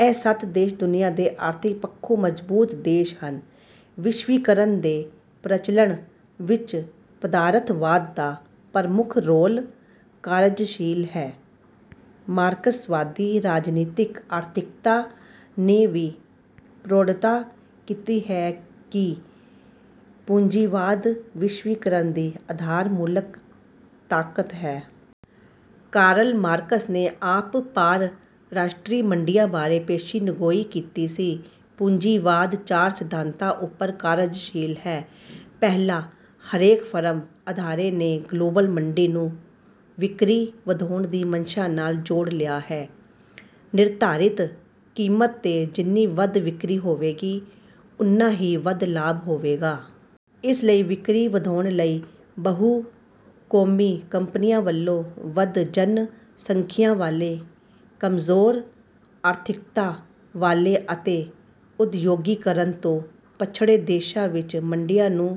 ਇਹ ਸੱਤ ਦੇਸ਼ ਦੁਨੀਆਂ ਦੇ ਆਰਥਿਕ ਪੱਖੋਂ ਮਜ਼ਬੂਤ ਦੇਸ਼ ਹਨ। ਵਿਸ਼ਵੀਕਰਨ ਦੇ ਪ੍ਰਚਲਣ ਵਿੱਚ ਪਦਾਰਥਵਾਦ ਦਾ ਪ੍ਰਮੁੱਖ ਰੋਲ ਕਾਰਜਸ਼ੀਲ ਹੈ। ਮਾਰਕਸਵਾਦੀ ਰਾਜਨੀਤਿਕ ਆਰਥਿਕਤਾ ਨੇ ਵੀ ਪ੍ਰੋੜਤਾ ਕੀਤੀ ਹੈ ਕਿ ਪੂੰਜੀਵਾਦ ਵਿਸ਼ਵੀਕਰਨ ਦੀ ਆਧਾਰ-ਮੂਲਕ ਤਾਕਤ ਹੈ। ਕਾਰਲ ਮਾਰਕਸ ਨੇ ਆਪ ਪਾਰ-ਰਾਸ਼ਟਰੀ ਮੰਡੀਆਂ ਬਾਰੇ ਪੇਸ਼ੀਨਗੋਈ ਕੀਤੀ ਸੀ। ਪੂੰਜੀਵਾਦ ਚਾਰ ਸਿਧਾਂਤਾਂ ਉੱਪਰ ਕਾਰਜਸ਼ੀਲ ਹੈ। ਪਹਿਲਾ, ਹਰੇਕ ਫਰਮ, ਅਦਾਰੇ ਨੇ ਗਲੋਬਲ ਮੰਡੀ ਨੂੰ ਵਿਕਰੀ ਵਧਾਉਣ ਦੀ ਮਨਸ਼ਾ ਨਾਲ ਜੋੜ ਲਿਆ ਹੈ। ਨਿਰਧਾਰਿਤ ਕੀਮਤ ਤੇ ਜਿੰਨੀ ਵੱਧ ਵਿਕਰੀ ਹੋਵੇਗੀ, ਉਨਾ ਹੀ ਵੱਧ ਲਾਭ ਹੋਵੇਗਾ। ਇਸ ਲਈ ਵਿਕਰੀ ਵਧਾਉਣ ਲਈ ਬਹੁ-ਕੌਮੀ ਕੰਪਨੀਆਂ ਵੱਲੋਂ ਵੱਧ ਜਨ ਸੰਖਿਆ ਵਾਲੇ, ਕਮਜ਼ੋਰ ਆਰਥਿਕਤਾ ਵਾਲੇ ਅਤੇ ਉਦਯੋਗੀਕਰਨ ਤੋਂ ਪਛੜੇ ਦੇਸ਼ਾਂ ਵਿੱਚ ਮੰਡੀਆਂ ਨੂੰ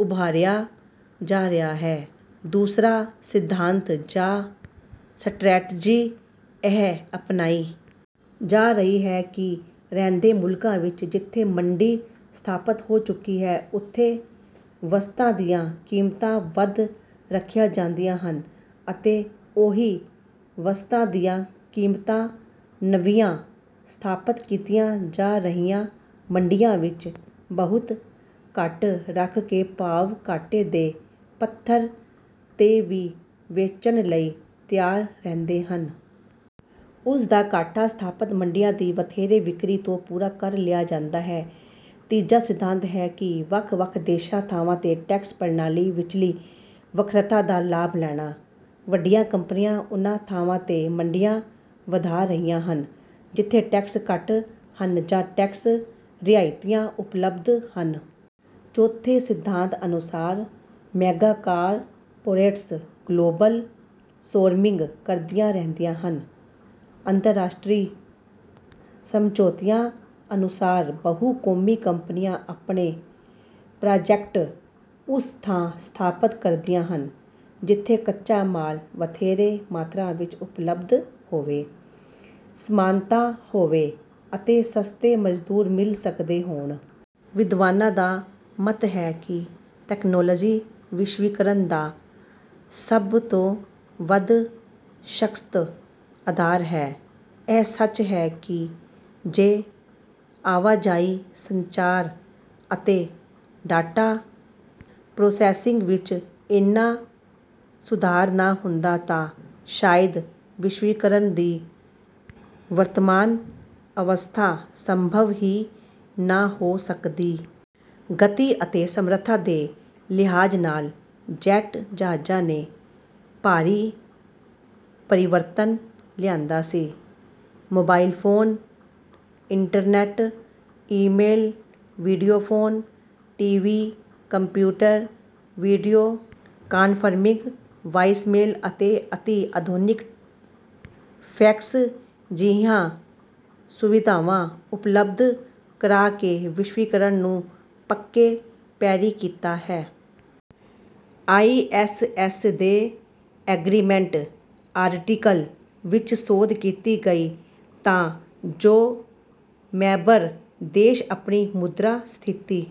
ਉਭਾਰਿਆ ਜਾ ਰਿਹਾ ਹੈ। ਦੂਸਰਾ ਸਿਧਾਂਤ ਜਾਂ ਸਟ੍ਰੈਟਜੀ ਇਹ ਅਪਣਾਈ ਜਾ ਰਹੀ ਹੈ ਕਿ ਰਹਿੰਦੇ ਮੁਲਕਾਂ ਵਿੱਚ ਜਿੱਥੇ ਮੰਡੀ ਸਥਾਪਤ ਹੋ ਚੁੱਕੀ ਹੈ, ਉੱਥੇ ਵਸਤਾਂ ਦੀਆਂ ਕੀਮਤਾਂ ਵੱਧ ਰੱਖੀਆਂ ਜਾਂਦੀਆਂ ਹਨ ਅਤੇ ਉਹੀ ਵਸਤਾਂ ਦੀਆਂ ਕੀਮਤਾਂ ਨਵੀਆਂ ਸਥਾਪਤ ਕੀਤੀਆਂ ਜਾ ਰਹੀਆਂ ਮੰਡੀਆਂ ਵਿੱਚ ਬਹੁਤ ਘੱਟ ਰੱਖ ਕੇ ਭਾਵ ਘਾਟੇ ਦੇ ਪੱਧਰ ਤੇ ਵੀ ਵੇਚਣ ਲਈ ਤਿਆਰ ਰਹਿੰਦੇ ਹਨ। ਉਸ ਦਾ ਘਾਟਾ ਸਥਾਪਤ ਮੰਡੀਆਂ ਦੀ ਵਧੇਰੇ ਵਿਕਰੀ ਤੋਂ ਪੂਰਾ ਕਰ ਲਿਆ ਜਾਂਦਾ ਹੈ। ਤੀਜਾ ਸਿਧਾਂਤ ਹੈ ਕਿ ਵੱਖ-ਵੱਖ ਦੇਸ਼ਾਂ, ਥਾਵਾਂ ਤੇ ਟੈਕਸ ਪ੍ਰਣਾਲੀ ਵਿਚਲੀ ਵੱਖਰਤਾ ਦਾ ਲਾਭ ਲੈਣਾ। ਵੱਡੀਆਂ ਕੰਪਨੀਆਂ ਉਨ੍ਹਾਂ ਥਾਵਾਂ ਤੇ ਮੰਡੀਆਂ ਵਧਾ ਰਹੀਆਂ ਹਨ ਜਿੱਥੇ ਟੈਕਸ ਘੱਟ ਹਨ ਜਾਂ ਟੈਕਸ ਰਿਆਇਤਾਂ ਉਪਲਬੱਧ ਹਨ। ਚੌਥੇ ਸਿਧਾਂਤ ਅਨੁਸਾਰ ਮੈਗਾਕਾਰਪੋਰੇਟਸ ਗਲੋਬਲ ਸੋਰਮਿੰਗ ਕਰਦੀਆਂ ਰਹਿੰਦੀਆਂ ਹਨ। ਅੰਤਰਰਾਸ਼ਟਰੀ ਸਮਝੌਤਿਆਂ ਅਨੁਸਾਰ ਬਹੁ-ਕੌਮੀ ਕੰਪਨੀਆਂ ਆਪਣੇ ਪ੍ਰਾਜੈਕਟ ਉਸ ਥਾਂ ਸਥਾਪਤ ਕਰਦੀਆਂ ਹਨ, ਜਿੱਥੇ ਕੱਚਾ ਮਾਲ ਵਧੇਰੇ ਮਾਤਰਾ ਵਿੱਚ ਉਪਲਬਧ ਹੋਵੇ, ਸਮਾਨਤਾ ਹੋਵੇ ਅਤੇ ਸਸਤੇ ਮਜ਼ਦੂਰ ਮਿਲ ਸਕਦੇ ਹੋਣ। ਵਿਦਵਾਨਾਂ ਦਾ ਮੱਤ ਹੈ ਕਿ ਤਕਨਾਲੋਜੀ ਵਿਸ਼ਵੀਕਰਨ ਦਾ ਸਭ ਤੋਂ ਵੱਧ ਸਸ਼ੱਕਤ ਆਧਾਰ ਹੈ। ਇਹ ਸੱਚ ਵੀ ਹੈ ਕਿ ਜੇ ਆਵਾਜਾਈ, ਸੰਚਾਰ ਅਤੇ ਡਾਟਾ ਪ੍ਰੋਸੈਸਿੰਗ ਵਿੱਚ ਏਨਾ ਸੁਧਾਰ ਨਾ ਹੁੰਦਾ ਤਾਂ ਸ਼ਾਇਦ ਵਿਸ਼ਵੀਕਰਨ ਦੀ ਵਰਤਮਾਨ ਅਵਸਥਾ ਸੰਭਵ ਹੀ ਨਾ ਹੋ ਸਕਦੀ। ਗਤੀ ਅਤੇ ਸਮਰੱਥਾ ਦੇ ਲਿਹਾਜ਼ ਨਾਲ ਜੈਟ ਜਹਾਜ਼ਾਂ ਨੇ ਭਾਰੀ ਪਰਿਵਰਤਨ ਲਿਆਂਦਾ ਸੀ। Mobile phone, internet, email, video phone, T V, computer, video conferencing, voicemail ਅਤੇ ਅਤੀ ਆਧੁਨਿਕ ਫੈਕਸ ਜਿਹੀਆਂ ਸੁਵਿਧਾਵਾਂ ਉਪਲਬਧ ਕਰਾ ਕੇ ਵਿਸ਼ਵੀਕਰਨ ਨੂੰ ਪੱਕੇ ਪੈਰੀਂ ਕੀਤਾ ਹੈ। ਆਈ ਐਸ ਐਸ ਦੇ ਐਗਰੀਮੈਂਟ ਆਰਟੀਕਲ ਵਿੱਚ ਸੋਧ ਕੀਤੀ ਗਈ ਤਾਂ ਜੋ ਮੈਂਬਰ ਦੇਸ਼ ਆਪਣੀ ਮੁਦਰਾ ਸਥਿਤੀ